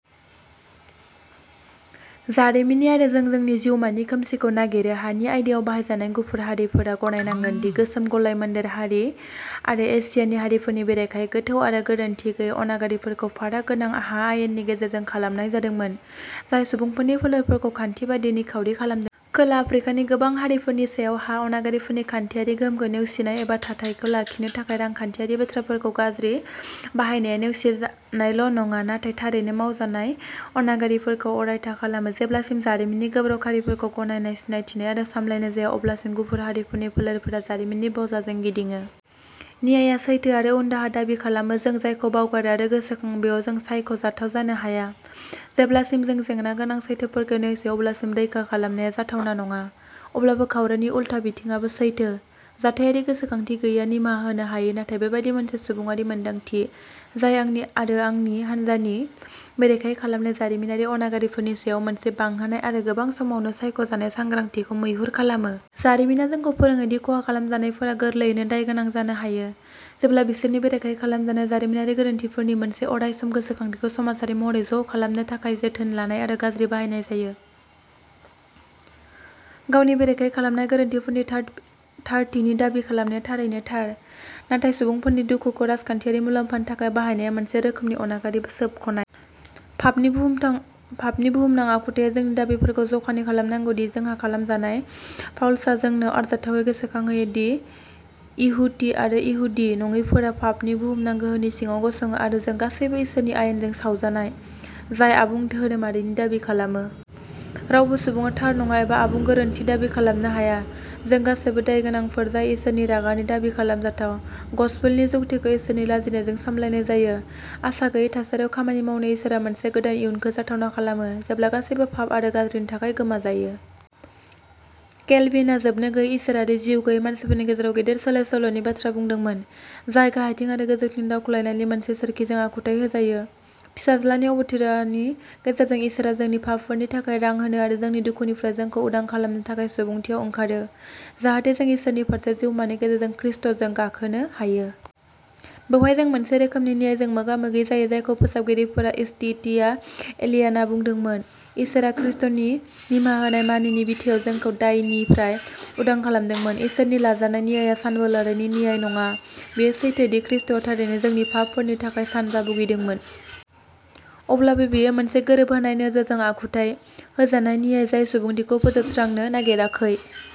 जारिमिननि आरो जों जोंनि जिउमानि खोमसिखौ नागिरो। हानि आयदायाव बाहायजानाय, गुफुर हारिफोरा गनायनांगोन दि गोसोम, गलाय-मोनदेर हारि आरो एसियानि हारिफोरनि बेरेखायै गोथौ आरो गोरोनथि गैयै अनागारिफोरखौ फाराग गोनां हा आयेननि गेजेरजों खालामनाय जादोंमोन, जाय सुबुंफोरनि फोलेरफोरखौ खान्थि बायदियै निखावरि खालामदों। खोला आफ्रिकानि गोबां हारिफोरनि सायाव हा अनागारिफोरनि खान्थियारि गोहोमखौ नेवसिनाय एबा थाथायखौ लाखिनो थाखाय रांखान्थियारि बाथ्राफोरखौ गाज्रि बाहायनाया नेवसिजानायल' नङा, नाथाय थारैनो मावजानाय अनागारिफोरखौ अरायथा खालामो। जेब्लासिम जारिमिननि गोब्राब खारिफोरखौ गनायनाय, सिनायथिनाय आरो सामलायनाय जाया, अब्लासिम गुफुर हारिफोरनि फोलेरफोरा जारिमिननि बजाजों गिदिङो। नियाइआ सैथो आरो उनदाहा दाबि खालामो। जों जायखौ बावगारो आरो गोसोखाङो बेयाव जों सायख' जाथाव जानो हाया। जेब्लासिम जों जेंनागोनां सैथोफोरखौ नेवसियो अब्लासिम रैखा खालामनाया जाथावना नङा। अब्लाबो, खावरिनि उलथा बिथिंआबो सैथो। जथायारि गोसोखांथि गैयैआ निमाहा होनो हायै नाथाय बेबादि मोनसे सुबुङारि मोनदांथि, जाय आंनि आरो आंनि हान्जानि बेरेखायै खालामनाय जारिमिनारि अनागारिफोरनि सायाव मोनसे बांहोनाय आरो गोबां समावनो सायख' जानाय सांग्रांथिखौ मैहुर खालामो। जारिमिना जोंखौ फोरोङो दि खहा खालामजानायफोरा गोरलैयैनो दायगोनां जानो हायो, जेब्ला बिसोरनि बेरेखायै खालामजानाय जारिमिनारि गोरोन्थिफोरनि मोनसे अरायसम गोसोखांथिखौ समाजारि महरै ज' खालामनो थाखाय जोथोन लानाय आरो गाज्रि बाहायनाय जायो। गावनि बेरेखायै खालामनाय गोरोन्थिफोरनि थार थारथिनि दाबि खालामनाया थारैनो थार, नाथाय सुबुंफोरनि दुखुखौ राजखान्थियारि मुलाम्फानि थाखाय बाहायनाया मोनसे रोखोमनि अनागारि सोबख'नाय। फाबनि बुहुमथां फाफनि बुहुमनां आखुथाया जोंनि दाबिफोरखौ जखानि खालामनांगौ दि जों खहा खालामजानाय। पाउलसा जोंनो आरजाथावै गोसोखांहोयो दि इहुदि आरो इहुदि नङिफोरा फाफनि बुहुमनां गोहोनि सिङाव गसङो आरो जों गासैबो इसोरनि आयेनजों सावजानाय, जाय आबुं धोरोमारिनि दाबि खालामो। रावबो सुबुङा थार नङा एबा आबुं गोरोनथि दाबि खालामनो हाया। जों गासैबो दायगोनांफोर जाय इसोरनि रागानि दाबि खालामजाथाव। गसपेलनि जुक्तिखौ इसोरनि लाजिनायजों सामलायनाय जायो। आसागैयै थासारियाव खामानि मावो इसोरआ मोनसे गोदान इयुनखौ जाथावना खालामो जेब्ला गासैबो फाफ आरो गाज्रिनि थाखाय गोमाजायो। केलभिन आ जोबनोगैयै इसोर आरो जिउ गैयै मानसिफोरनि गेजेराव गेदेर सोलाय-सोल'नि बाथ्रा बुंदोंमोन, जाय गाहायथिं आरो गोजौथिं दावख्लायनायनि मोनसे सोरखिजों आखुथाइ होजायो। फिसाज्लानि अबतारनि गेजेरजों, इसोरआ जोंनि फाफफोरनि थाखाय रां होनो आरो जोंनि दुखुनिफ्राय जोंखौ उदां खालामनो थाखाय सुबुंथियाव ओंखारो जाहाथे जों इसोरनि फारसे जिउमानि गेजेरजों ख्रिस्ट’जों गाखोनो हायो। बेवहाय जों मोनसे रोखोमनि नियाइजों मोगा-मोगि जायो जायखौ फोसाबगिरिफोरा इस्टिटिया एलियाना बुंदोंमोन इसोरा ख्रिस्ट’नि निमाहा होनाय मानिनि बिथायाव जोंखौ दायनिफ्राय उदां खालामदोंमोन। इसोरनि लाजानाय नियाइआ सानबोलावरि नियाइ नङा बेयो सैथो दि ख्रिस्ट’आ थारैनो जोंनि फाफ फोरनि थाखाय सानजा भुगिदोंमोन। अब्लाबो बेयो मोनसे गोरोबहोनाय नोजोरजों आखुथाइ होजानाय नियाइ जाय सुबुंथिखौ फोजोबस्रांनो नागिराखै।